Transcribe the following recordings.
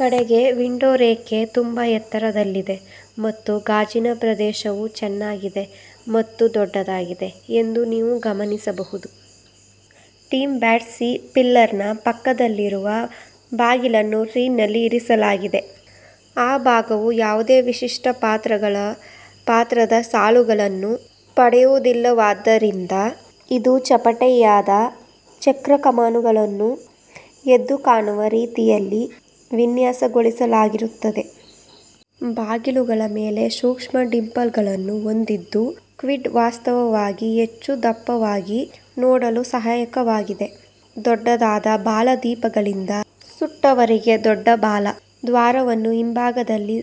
ಕಡೆಗೆ, ವಿಂಡೋ ರೇಖೆ ತುಂಬಾ ಎತ್ತರದಲ್ಲಿದೆ ಮತ್ತು ಗಾಜಿನ ಪ್ರದೇಶವು ಚೆನ್ನಾಗಿದೆ ಮತ್ತು ದೊಡ್ಡದಾಗಿದೆ ಎಂದು ನೀವು ಗಮನಿಸಬಹುದು. ಟ್ರಿಮ್ ಬ್ಯಾಡ್ಜ್ ಸಿ-ಪಿಲ್ಲರ್ನ ಪಕ್ಕದಲ್ಲಿರುವ ಬಾಗಿಲನ್ನು ಟ್ರಿಮ್ನಲ್ಲಿ ಇರಿಸಲಾಗಿದೆ. ಈ ಭಾಗವು ಯಾವುದೇ ವಿಶಿಷ್ಟ ಪಾತ್ರದ ಸಾಲುಗಳನ್ನು ಪಡೆಯುವುದಿಲ್ಲವಾದ್ದರಿಂದ, ಇದು ಚಪ್ಪಟೆಯಾದ ಚಕ್ರ ಕಮಾನುಗಳನ್ನು ಎದ್ದುಕಾಣುವ ರೀತಿಯಲ್ಲಿ ವಿನ್ಯಾಸಗೊಳಿಸಲಾಗಿರುತ್ತದೆ. ಬಾಗಿಲಗಳ ಮೇಲೆ ಸೂಕ್ಷ್ಮ ಡಿಂಪಲ್ಗಳನ್ನು ಹೊಂದಿದ್ದು ಕ್ವಿಡ್ ವಾಸ್ತವವಾಗಿ ಹೆಚ್ಚು ದಪ್ಪವಾಗಿ ನೋಡಲು ಸಹಾಯಕವಾಗಿದೆ. ದೊಡ್ಡದಾದ ಬಾಲ-ದೀಪಗಳಿಂದ ಸುತ್ತುವರಿದ ದೊಡ್ಡ ಬಾಲ ದ್ವಾರವನ್ನು ಹಿಂಭಾಗದಲ್ಲಿ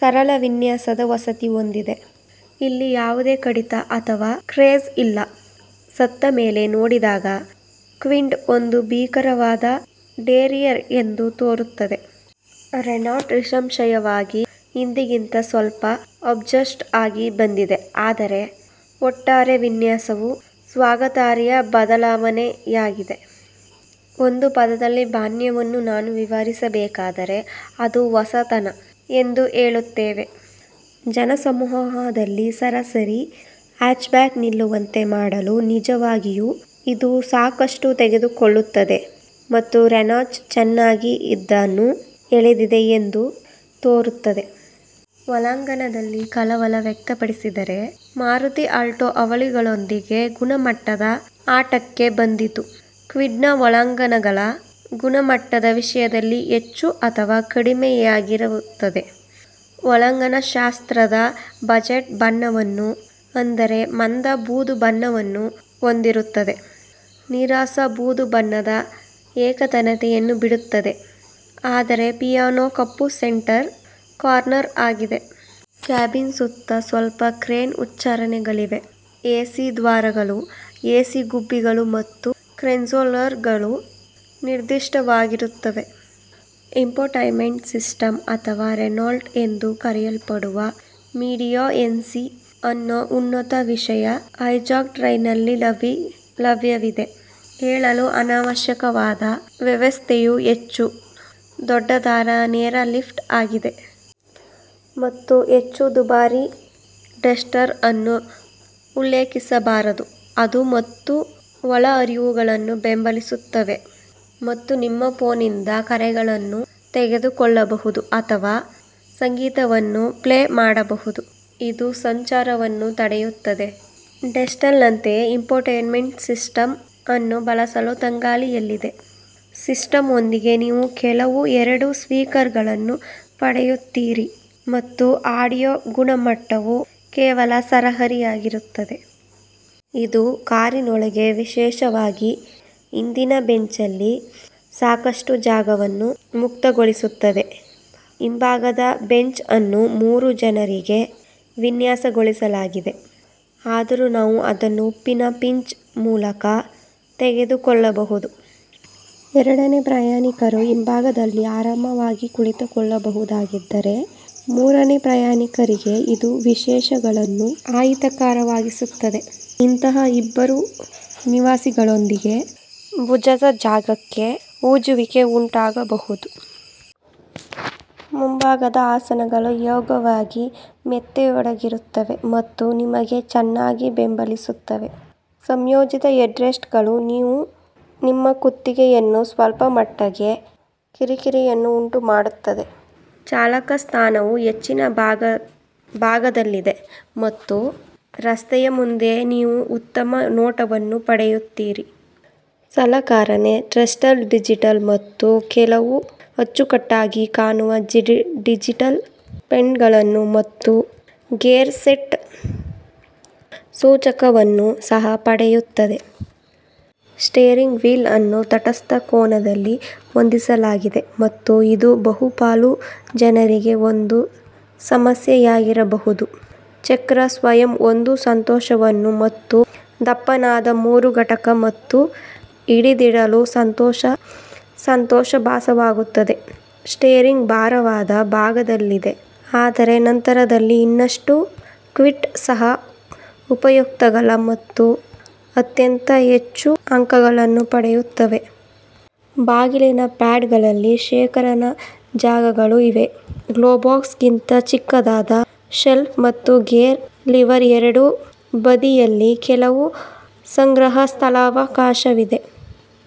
ಸರಳ ವಿನ್ಯಾಸದ ವಸತಿ ಹೊಂದಿದೆ. ಇಲ್ಲಿ ಯಾವುದೇ ಕಡಿತ ಅಥವಾ ಕ್ರೀಸ್ ಇಲ್ಲ. ಸತ್ತ ಮೇಲೆ ನೋಡಿದಾಗ, ಕ್ವಿಡ್ ಒಂದು ಭೀಕರವಾದ ಡೆರಿಯರ್ ಎಂದು ತೋರುತ್ತದೆ. ರೆನಾಲ್ಟ್ ನಿಸ್ಸಂಶಯವಾಗಿ ಹಿಂದಿಗಿಂತ ಸ್ವಲ್ಪ ಅಪ್ ಝಾಜ್ಡ್ಆಗಿ ಬಂದಿದೆ ಆದರೆ, ಒಟ್ಟಾರೆ ವಿನ್ಯಾಸವು ಸ್ವಾಗತಾರ್ಹ ಬದಲಾವಣೆಯಾಗಿದೆ. ಒಂದು ಪದದಲ್ಲಿ ಬಾಹ್ಯವನ್ನು ನಾನು ವಿವರಿಸಬೇಕಾದರೆ, ಅದು 'ಹೊಸತನ' ಎಂದು ಹೇಳುತ್ತೇವೆ. ಜನಸಮೂಹದಲ್ಲಿ ಸರಾಸರಿ ಹ್ಯಾಚ್ಬ್ಯಾಕ್ ನಿಲ್ಲುವಂತೆ ಮಾಡಲು ನಿಜವಾಗಿಯೂ ಇದು ಸಾಕಷ್ಟು ತೆಗೆದುಕೊಳ್ಳುತ್ತದೆ ಮತ್ತು ರೆನಾಲ್ಟ್ ಚೆನ್ನಾಗಿ ಅದನ್ನು ಎಳೆದಿದೆ ಎಂದು ತೋರುತ್ತದೆ. ಒಳಾಂಗಣದಲ್ಲಿ ಕಳವಳ ವ್ಯಕ್ತಪಡಿಸಿದರೆ, ಮಾರುತಿ ಆಲ್ಟೊ ಅವಳಿಗಳೊಂದಿಗೆ ಗುಣಮಟ್ಟದ ಆಟಕ್ಕೆ ಬಂದಿತು. ಕ್ವಿಡ್ನ ಒಳಾಂಗಣಗಳು ಗುಣಮಟ್ಟದ ವಿಷಯದಲ್ಲಿ ಹೆಚ್ಚು ಅಥವಾ ಕಡಿಮೆಯಾಗಿರುತ್ತವೆ. ಒಳಾಂಗಣ ಶಾಸ್ತ್ರೀಯ ಬಜೆಟ್ ಬಣ್ಣವನ್ನು ಅಂದರೆ ಮಂದ ಬೂದು ಬಣ್ಣವನ್ನು ಹೊಂದಿರುತ್ತದೆ. ನೀರಸ ಬೂದುಬಣ್ಣದ ಏಕತಾನತೆಯನ್ನು ಬಿಡುತ್ತದೆ ಆದರೆ ಪಿಯಾನೋ ಕಪ್ಪು ಸೆಂಟರ್ ಕನ್ಸೋಲ್ ಆಗಿದೆ. ಕ್ಯಾಬಿನ್ ಸುತ್ತ ಸ್ವಲ್ಪ ಕ್ರೋಮ್ ಉಚ್ಚಾರಣೆಗಳಿವೆ ಎಸಿ ದ್ವಾರಗಳು, ಎಸಿ ಗುಬ್ಬಿಗಳು ಮತ್ತು ಸೆಂಟರ್ ಕನ್ಸೋಲ್ಗಳು ನಿರ್ದಿಷ್ಟವಾಗಿರುತ್ತವೆ. ಇನ್ಫೋಟೈನ್ಮೆಂಟ್ ಸಿಸ್ಟಮ್ ಅಥವಾ ರೆನಾಲ್ಟ್ ಎಂದು ಕರೆಯಲ್ಪಡುವ 'ಮೀಡಿಯಾಎನ್ವಿ' ಅನ್ನು ಉನ್ನತ ವಿಶೇಷ ಆರ್ಎಕ್ಸ್ಟಿ ಟ್ರಿಮ್ನಲ್ಲಿ ಲಭ್ಯವಿದೆ. ಹೇಳಲು ಅನಾವಶ್ಯಕವಾದ, ವ್ಯವಸ್ಥೆಯು ಹೆಚ್ಚು ದೊಡ್ಡದಾದ ನೇರ ಲಿಫ್ಟ್ ಆಗಿದೆ. ಮತ್ತು ಹೆಚ್ಚು ದುಬಾರಿ, ಡಸ್ಟರ್ ಅನ್ನು ಉಲ್ಲೇಖಿಸಬಾರದು. ಇದು ಮತ್ತು ಒಳಹರಿವುಗಳನ್ನು ಬೆಂಬಲಿಸುತ್ತದೆ ಮತ್ತು ನಿಮ್ಮ ಫೋನ್ನಿಂದ ಕರೆಗಳನ್ನು ತೆಗೆದುಕೊಳ್ಳಬಹುದು ಅಥವಾ ಸಂಗೀತವನ್ನು ಪ್ಲೇ ಮಾಡಬಹುದು. ಇದು ಸಂಚಾರವನ್ನು ಪಡೆಯುತ್ತದೆ ಮತ್ತು ಡಸ್ಟರ್ನಂತೆಯೇ, ಇನ್ಫೋಟೈನ್ಮೆಂಟ್ ಸಿಸ್ಟಮ್ ಅನ್ನು ಬಳಸಲು ತಂಗಾಳಿಯಲ್ಲಿದೆ. ಸಿಸ್ಟಂನೊಂದಿಗೆ ನೀವು ಕೇವಲ ಎರಡು ಸ್ಪೀಕರ್ಗಳನ್ನು ಪಡೆಯುತ್ತೀರಿ ಮತ್ತು ಆಡಿಯೋ ಗುಣಮಟ್ಟವು ಕೇವಲ ಸರಾಸರಿಯಾಗಿರುತ್ತದೆ. ಇದು ಕಾರಿನೊಳಗೆ, ವಿಶೇಷವಾಗಿ ಹಿಂದಿನ ಬೆಂಚ್ನಲ್ಲಿ ಸಾಕಷ್ಟು ಜಾಗವನ್ನು ಮುಕ್ತಗೊಳಿಸುತ್ತದೆ. ಹಿಂಭಾಗದ ಬೆಂಚ್ ಅನ್ನು ಮೂರು ಜನರಿಗೆ ವಿನ್ಯಾಸಗೊಳಿಸಲಾಗಿದೆ, ಆದರೂ ನಾವು ಅದನ್ನು ಉಪ್ಪಿನ ಪಿಂಚ್ ಮೂಲಕ ತೆಗೆದುಕೊಳ್ಳಬಹುದು. ಎರಡು ಪ್ರಯಾಣಿಕರು ಹಿಂಭಾಗದಲ್ಲಿ ಆರಾಮವಾಗಿ ಕುಳಿತುಕೊಳ್ಳಬಹುದಾಗಿದ್ದರೆ, ಮೂರನೆಯ ಪ್ರಯಾಣಿಕರಿಗೆ ಇದು ವಿಷಯಗಳನ್ನು ಅಹಿತಕರವಾಗಿಸುತ್ತದೆ ಇತರ ಇಬ್ಬರು ನಿವಾಸಿಗಳೊಂದಿಗೆ ಭುಜದ ಜಾಗಕ್ಕೆ ಉಜ್ಜುವಿಕೆ ಉಂಟಾಗುತ್ತದೆ. ಮುಂಭಾಗದ ಆಸನಗಳು ಯೋಗ್ಯವಾಗಿ ಮೆತ್ತೆಯೊಡಗಿರುತ್ತವೆ ಮತ್ತು ನಿಮಗೆ ಚೆನ್ನಾಗಿ ಬೆಂಬಲಿಸುತ್ತವೆ. ಸಂಯೋಜಿತ ಹೆಡ್ರೆಸ್ಟ್ಗಳು ನಿಮ್ಮ ಕುತ್ತಿಗೆಯನ್ನು ಸ್ವಲ್ಪಮಟ್ಟಿಗೆ ಕಿರಿಕಿರಿಯನ್ನು ಉಂಟು ಮಾಡುತ್ತದೆ. ಚಾಲಕ ಸ್ಥಾನವು ಹೆಚ್ಚಿನ ಭಾಗದಲ್ಲಿದೆ ಮತ್ತು ರಸ್ತೆಯ ಮುಂದೆ ನೀವು ಉತ್ತಮ ನೋಟವನ್ನು ಪಡೆಯುತ್ತೀರಿ. ಸಲಕರಣೆ ಕ್ಲಸ್ಟರ್ ಡಿಜಿಟಲ್ ಮತ್ತು ಕೆಲವು ಅಚ್ಚುಕಟ್ಟಾಗಿ ಕಾಣುವ ಡಿಜಿಟಲ್ ಫಾಂಟ್ಗಳನ್ನು ಮತ್ತು ಗೇರ್ ಶಿಫ್ಟ್ ಸೂಚಕವನ್ನು ಸಹ ಪಡೆಯುತ್ತದೆ. ಸ್ಟೀರಿಂಗ್ ವೀಲ್ ಅನ್ನು ತಟಸ್ಥ ಕೋನದಲ್ಲಿ ಹೊಂದಿಸಲಾಗಿದೆ ಮತ್ತು ಇದು ಬಹುಪಾಲು ಜನರಿಗೆ ಒಂದು ಸಮಸ್ಯೆಯಾಗಿರಬಾರದು. ಚಕ್ರ ಸ್ವತಃ ಒಂದು ಸಂತೋಷವನ್ನು ಮತ್ತು ದಪ್ಪನಾದ ಮೂರು ಘಟಕ ಮತ್ತು ಹಿಡಿದಿಡಲು ಸಂತೋಷ ಭಾಸವಾಗುತ್ತದೆ. ಸ್ಟೀರಿಂಗ್ ಭಾರವಾದ ಭಾಗದಲ್ಲಿದೆ, ಆದರೆ ನಂತರದಲ್ಲಿ ಇನ್ನಷ್ಟು. ಕ್ವಿಡ್ ಸಹ ಉಪಯುಕ್ತತೆಗಳ ಮೇಲೆ ಅತ್ಯಂತ ಹೆಚ್ಚು ಅಂಕಗಳನ್ನು ಪಡೆಯುತ್ತವೆ. ಬಾಗಿಲಿನ ಪ್ಯಾಡ್ಗಳಲ್ಲಿ ಶೇಖರಣಾ ಜಾಗಗಳು ಇವೆ, ಗ್ಲೋವ್ಬಾಕ್ಸ್ಗಿಂತ ಚಿಕ್ಕದಾದ ಶೆಲ್ಫ್ ಮತ್ತು ಗೇರ್ ಲಿವರ್ನ ಎರಡೂ ಬದಿಯಲ್ಲಿ ಕೆಲವು ಸಂಗ್ರಹ ಸ್ಥಳಾವಕಾಶವಿದೆ.